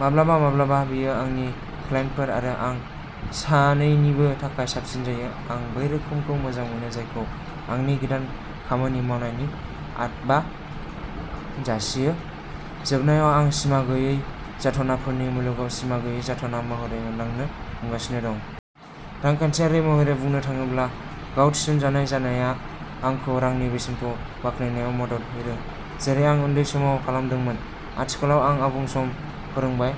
माब्लाबा माब्लाबा बेयो आंनि क्लाइन्टफोर आरो आं सानैनिबो थाखाय साबसिन जायो। आं बै रोखोमखौ मोजां मोनो जायखौ आंनि गोदान खामानि मावनायनि आदबा जासियो। जोबनायाव आं सिमा गैयै जाथावनाफोरनि मुलुगाव सिमा गैयै जाथावना महरै मोनदांनो हमगासिनो दं। रांखान्थियारि महरै बुंनो थाङोब्ला, गाव थिस'नजानाय जानाया आंखौ रांनि बेसेनखौ बाखनायनायाव मदद होदों, जेरै आं उन्दै समाव खालामदोंमोन। आथिखालाव आं आबुं सम फोरोंबाय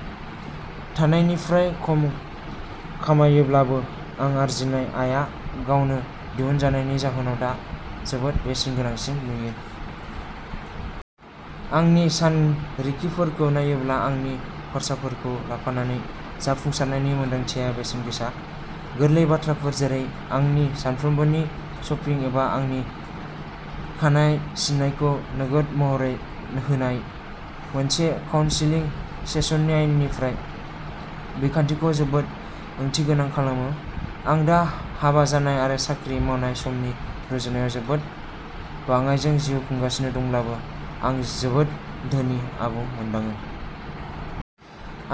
थानायनिफ्राय खम खामायोब्लाबो, आं आरजिनाय आयआ गावनो दिहुनजानायनि जाहोनाव दा जोबोद बेसेनगोनांसिन नुयो। आंनि सानरिखिफोरखौ नायोब्ला, आंनि खर्साफोरखौ लाफानानै जाफुंसारनायनि मोनदांथिया बेसेनगोसा। गोरलै बाथ्राफोर, जेरै आंनि सानफ्रोमबोनि शपिं एबा आंनि खानाय सिननायखौ नोगोद महरै होनाय, मोनसे काउन्सेलिं सेसननि आयनिफ्राय, बिखान्थिखौ जोबोद ओंथिगोनां खालामो। आं दा हाबा जानाय आरो साख्रि मावनाय समनि रुजुनायाव जोबोद बाङाइजों जिउ खुंगासिनो दंब्लाबो, आं जोबोद धोनि, आबुं मोनदाङो।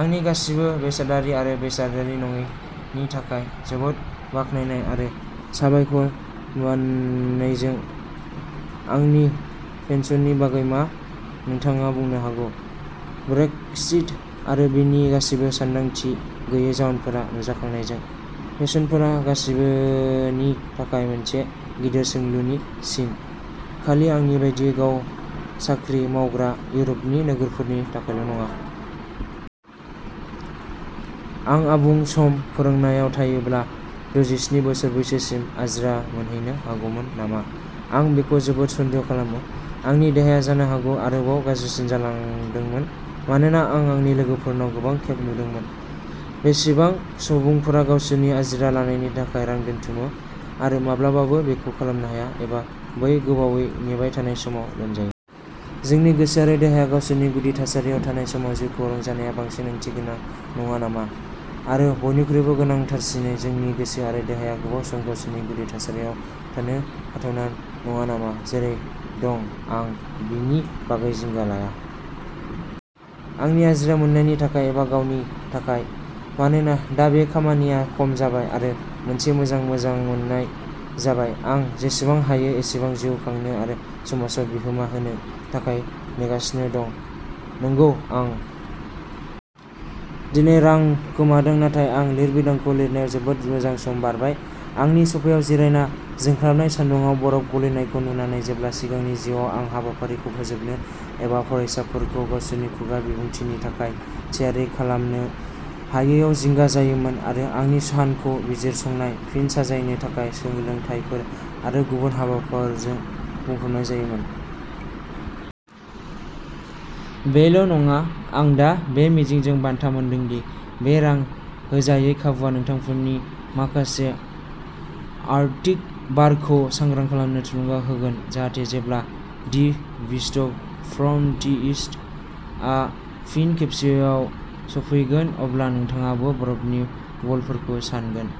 आंनि गासिबो बेसादारि आरो बेसादारि नङैनि थाखाय जोबोद बाखनायनाय आरो साबायखर बावनायजों। आंनि पेन्सननि बागै मा, नोंथाङा बुंनो हागौ? ब्रेक्सिट आरो बेनि गासैबो सानदांथि गैयै जाउनफोरा नुजाखांनायजों, पेन्सनफोरा गासिबोनि थाखाय मोनसे गिदिर सोंलुनि सिन, खालि आंनि बायदि गाव-साख्रि मावग्रा इउर'पनि नोगोरारिफोरनि थाखायल'नङा। आं आबुं-सम फोरोंनायाव थायोब्ला दजिस्नि बोसोर बैसोसिम आजिरा मोनहैनो हागौमोन नामा? आं बेखौ जोबोद सन्देह खालामो। आंनि देहाया जानो हागौ आरोबाव गाज्रिसिन जालांदोंमोन, मानोना आं आंनि लोगोफोरनाव गोबां खेब नुदोंमोन। बेसेबां सुबुंफोरा गावसोरनि आजिरा लानायनि थाखाय रां दोनथुमो आरो माब्लाबाबो बेखौ खालामनो हाया, एबा बै गोबावै नेबाय थानाय समाव लोमजायो। जोंनि गोसो आरो देहाया गावसोरनि गुदि थासारियाव थानाय समाव जिउखौ रंजानाया बांसिन ओंथिगोनां नङा नामा? आरो बयनिख्रुइबो गोनांथारसिनै, जोंनि गोसो आरो देहाया गोबाव सम गावसोरनि गुदि थासारियाव थानो हाथावना नङा नामा? जेरै दं, आं बेनि बागै जिंगा लाया। आंनि आजिरा मोन्नायनि थाखाय एबा गोबावनि थाखाय। मानोना, दा बे खामानिया खम जाबाय आरो मोनसे मोजां मोजांमोननाय जाबाय, आं जेसेबां हायो एसेबां जिउ खांनो आरो समाजआव बिहोमा होनो थाखाय नेगासिनो दं। नंगौ। आं दिनै रां खोमादों नाथाय आं बे लिरबिदांखौ लिरनायाव जोबोद मोजां सम बारबाय, आंनि स'फायाव जिरायना जोंख्लाबनाय सान्दुंआव बरफ गलिनायखौ नुनानै जेब्ला सिगांनि जिउआव आं हाबाफारिखौ फोजोबनो एबा फरायसाफोरखौ गावसोरनि खुगा बिबुंथिनि थाखाय थियारि खालामनो हायैयाव जिंगा जायोमोन, आरो आंनि सानखौ बिजिरसंनाय, फिन साजायनो थाखाय सोलोंथायफोर आरो गुबुन हाबाफोरजों बुंफबनाय जायोमोन। बेल'नङा, आं दा बे मिजिंजों बान्था मोनदों दि बे रां होजायै खाबुआ नोंथांफोरनि माखासेखौ आर्कटिक बारखौ सांग्रां खालामनो थुलुंगा होगोन जाहाथे, जेब्ला "the beast from the east" आ फिन खेबसेबाव सौफैगोन, अब्ला नोंथाङाबो बरफनि बलफोरखौ सानगोन।